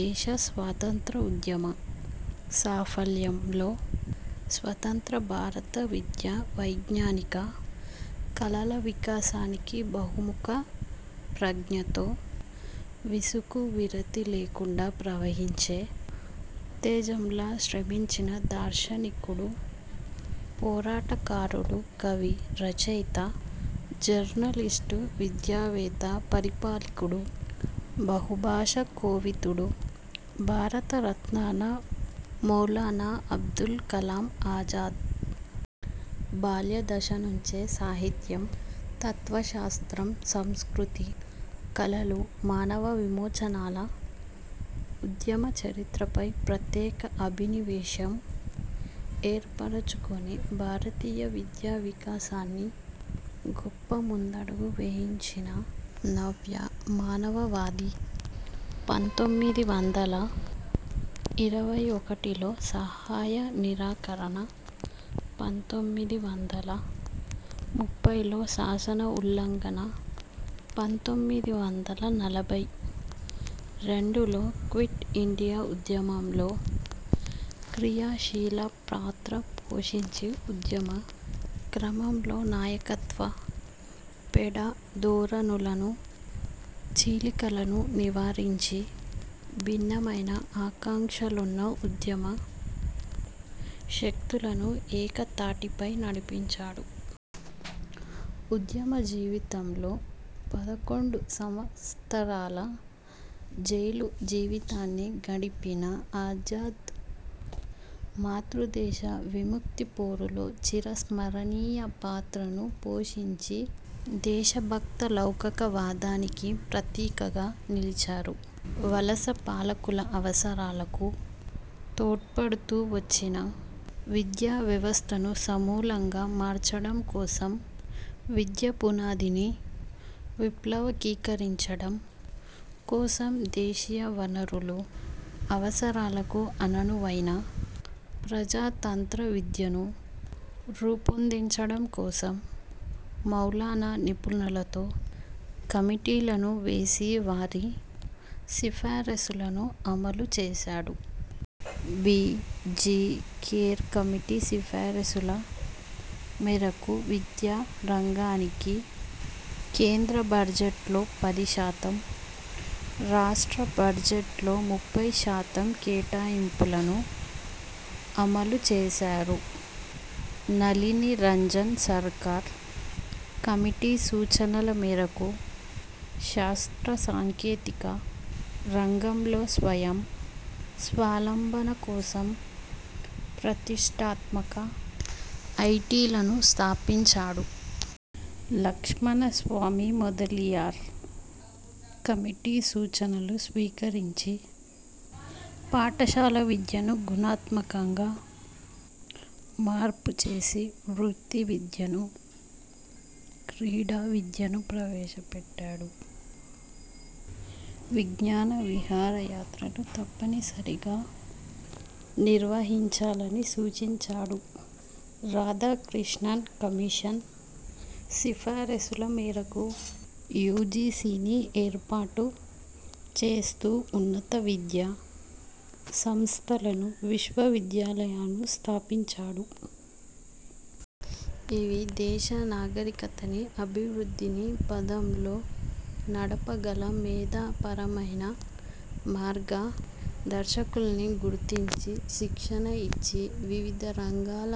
దేశ స్వాతంత్రోద్యమ సాఫల్యంలో, స్వతంత్ర భారత విద్యా, వైజ్ఞానిక, కళల వికాసానికి బహుముఖ ప్రజ్ఞతో విసుగు విరతి లేకుండా ప్రవహించే ఉత్తేజంలా శ్రమించిన దార్శనికుడు, పోరాట కారుడు, కవి, రచయిత, జర్నలిస్టు, విద్యావేత్త, పరిపాలకుడు, బహుభాషో కోవిదుడు, భారత రత్నాన మౌలానా అబుల్ కలామ్ ఆజాద్. బాల్య దశ నుంచే సాహిత్యం, తత్వశాస్త్రం, సంస్కృతి, కళలు, మానవ విమోచనాల ఉద్యమ చరిత్రపై ప్రత్యేక అభినివేశం ఏర్పరచుకొని భారతీయ విద్యావికాసాన్ని గొప్ప ముందడుగు వేయించిన నవ్య మానవవాది. పంతొమ్మిది వందల ఇరవై ఒకటిలో సహాయ నిరాకరణ, పంతొమ్మిది వందల ముప్పైలో శాసనోల్లంఘన, పంతొమ్మిది వందల నలభై రెండులో క్విట్ ఇండియా ఉద్యమంలో క్రియా శీల పాత్ర పోషించి, ఉద్యమ క్రమంలో నాయకత్వ పెఢ ధోరణులను, చీలికలను నివారించి, భిన్నమైన ఆకాంక్షలున్న ఉద్యమ శక్తులను ఏక తాటిపై నడిపించాడు. ఉద్యమ జీవితంలో పదకొండు సంవ త్సరాల జైలు జీవితాన్ని గడిపిన ఆజాద్ మాతృదేశ విముక్తి పోరులో చిర స్మరణీయ పాత్రను పోషించి, దేశభక్త లౌకక వాదానికి ప్రతీకగా నిలిచారు. వలస పాలకుల అవసరాలకు తోడ్పడుతూ వచ్చిన విద్యా వ్యవస్థను సమూలంగా మార్చడం కోసం, విద్య పునాదిని విప్లవకీకరించడం కోసం దేశీయ వనరులు, అవసరాలకు అననువైన ప్రజా తంత్ర విద్యను రూపొందించడం కోసం మౌలానా నిపుణులతో కమిటీలను వేసి వారి సిఫారసులను అమలు చేసాడు. బి. జి. ఖేర్ కమిటీ సిఫారసుల మేరకు విద్యా రంగానికి కేంద్ర బడ్జెట్లో పది శాతం, రాష్ట్ర బడ్జెట్లో ముప్పై శాతం కేటాయింపులను అమలు చేసారు. నళిని రంజన్ సర్కార్ కమిటీ సూచనల మేరకు శాస్త్ర సాంకేతిక రంగంలో స్వయం స్వాలంబన కోసం ప్రతిష్టాత్మక ఐటీలను స్థాపించాడు. లక్ష్మణ స్వామి మొదలియార్ కమిటీ సూచనలు స్వీకరించి పాఠశాల విద్యను గుణాత్మకంగా మార్పు చేసి, వృత్తి విద్యను, క్రీడా విద్యను ప్రవేశ పెట్టాడు. విజ్ఞాన విహార యాత్రను తప్పనిసరిగా నిర్వహించాలని సూచించాడు. రాధాకృష్ణన్ కమిషన్ సిఫారసుల మేరకు యూజీసీని ఏర్పాటు చేస్తూ ఉన్నత విద్యా సంస్థలను, విశ్వ విద్యాలయాలను స్థాపించాడు. ఇవి దేశ నాగరికతని అభివృద్ధిని పథంలో నడప గల మేధా పరమైన మార్గ దర్శకుల్ని గుర్తించి, శిక్షణ ఇచ్చి, వివిధ రంగాల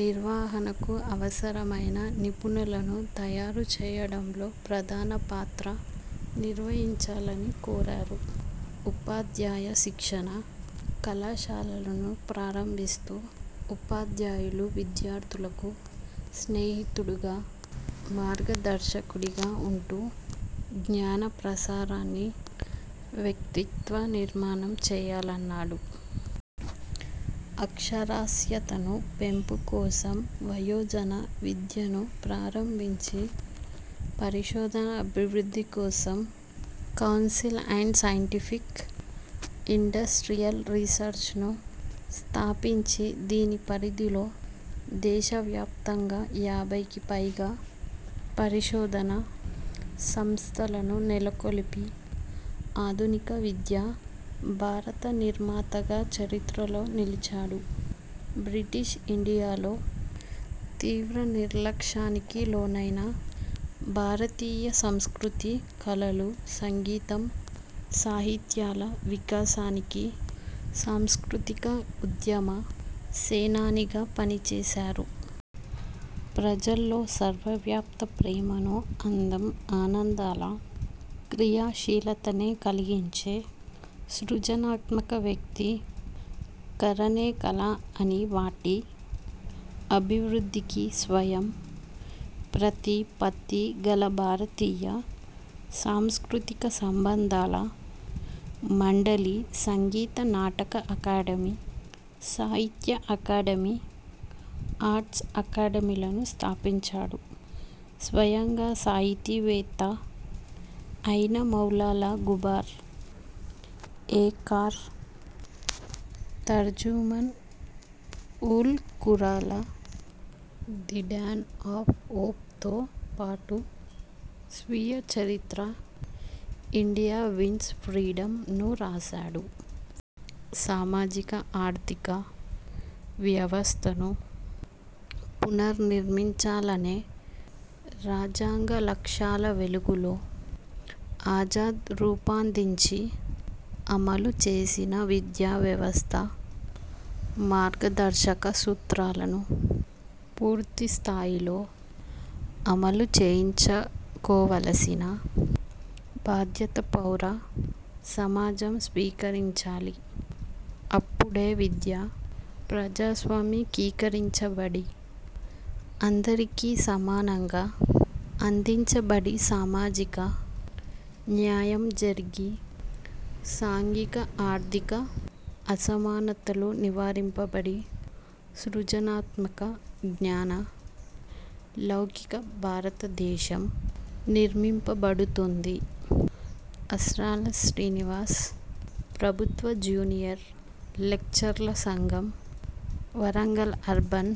నిర్వహణకు అవసరమైన నిపుణులను తయారు చేయడంలో ప్రధాన పాత్ర నిర్వహించాలని కోరారు. ఉపాధ్యాయ శిక్షణ కళాశాలలను ప్రారంభిస్తూ ఉపాధ్యాయులు విద్యార్థులకు స్నేహితుడుగా, మార్గ దర్శకుడిగా ఉంటూ జ్ఞాన ప్రసారాన్ని, వ్యక్తిత్వ నిర్మాణం చేయాలన్నాడు. అక్షరాస్యతను పెంపు కోసం వయోజన విద్యను ప్రారంభించి, పరిశోధనాభివృద్ధి కోసం కౌన్సిల్ అండ్ సైంటిఫిక్ ఇండస్ట్రీయల్ రీసెర్చ్ను స్థాపించి దీని పరిధిలో దేశవ్యాప్తంగా యాభైకి పైగా పరిశోధనా సంస్థలను నెలకొల్పి ఆధునిక విద్యా భారత నిర్మాతగా చరిత్రలో నిలిచాడు. బ్రిటిష్ ఇండియాలో తీవ్ర నిర్లక్ష్యానికి లోనైన భారతీయ సంస్కృతి, కళలు, సంగీతం, సాహిత్యాల వికాసానికి సాంస్కృతిక ఉద్యమ సేనానిగా పనిచేసారు. ప్రజల్లో సర్వవ్యాప్త ప్రేమను, అందం, ఆనందాల క్రియాశీలతనే కలిగించే సృజనాత్మక వ్యక్తీ కరణే కళ అని వాటి అభివృద్ధికి స్వయం ప్రతి పత్తి గల భారతీయ సాంస్కృతిక సంబంధాల మండలి, సంగీత నాటక అకాడమి, సాహిత్య అకాడమి, ఆర్ట్స్ అకాడమిలను స్థాపించాడు. స్వయంగా సాహితీ వేత్త ఐన మౌలాల గుబార్ ఎ ఖాఅర్, తర్జుమన్ ఉల్ ఖురాన్ల ''ది డాన్ ఆఫ్ హోప్''తో పాటు స్వీయ చరిత్ర 'ఇండియా విన్స్ ఫ్రీడమ్'ను రాసాడు. సామాజిక ఆర్ధిక వ్యవస్థను పునర్నిర్మించాలనే రాజ్యాంగ లక్ష్యాల వెలుగులో ఆజాద్ రూపాందించి అమలు చేసిన విద్యా వ్యవస్థ మార్గదర్శక సూత్రాలను పూర్తి స్థాయిలో అమలు చేయించకోవలసిన భాద్యత పౌర సమాజం స్వీకరించాలి. అప్పుడే విద్య ప్రజాస్వామికీకరించబడి అందరికీ సమానంగా అందించబడి సామాజిక న్యాయం జరిగి, సాంఘీక ఆర్థిక అసమానతలు నివారింపబడి సృజనాత్మక, జ్ఞాన, లౌకిక భారతదేశం నిర్మింపబడుతుంది. అస్నాల శ్రీనివాస్ ప్రబుత్వ జూనియర్ లెక్చరర్ల సంఘం, వరంగల్ అర్బన్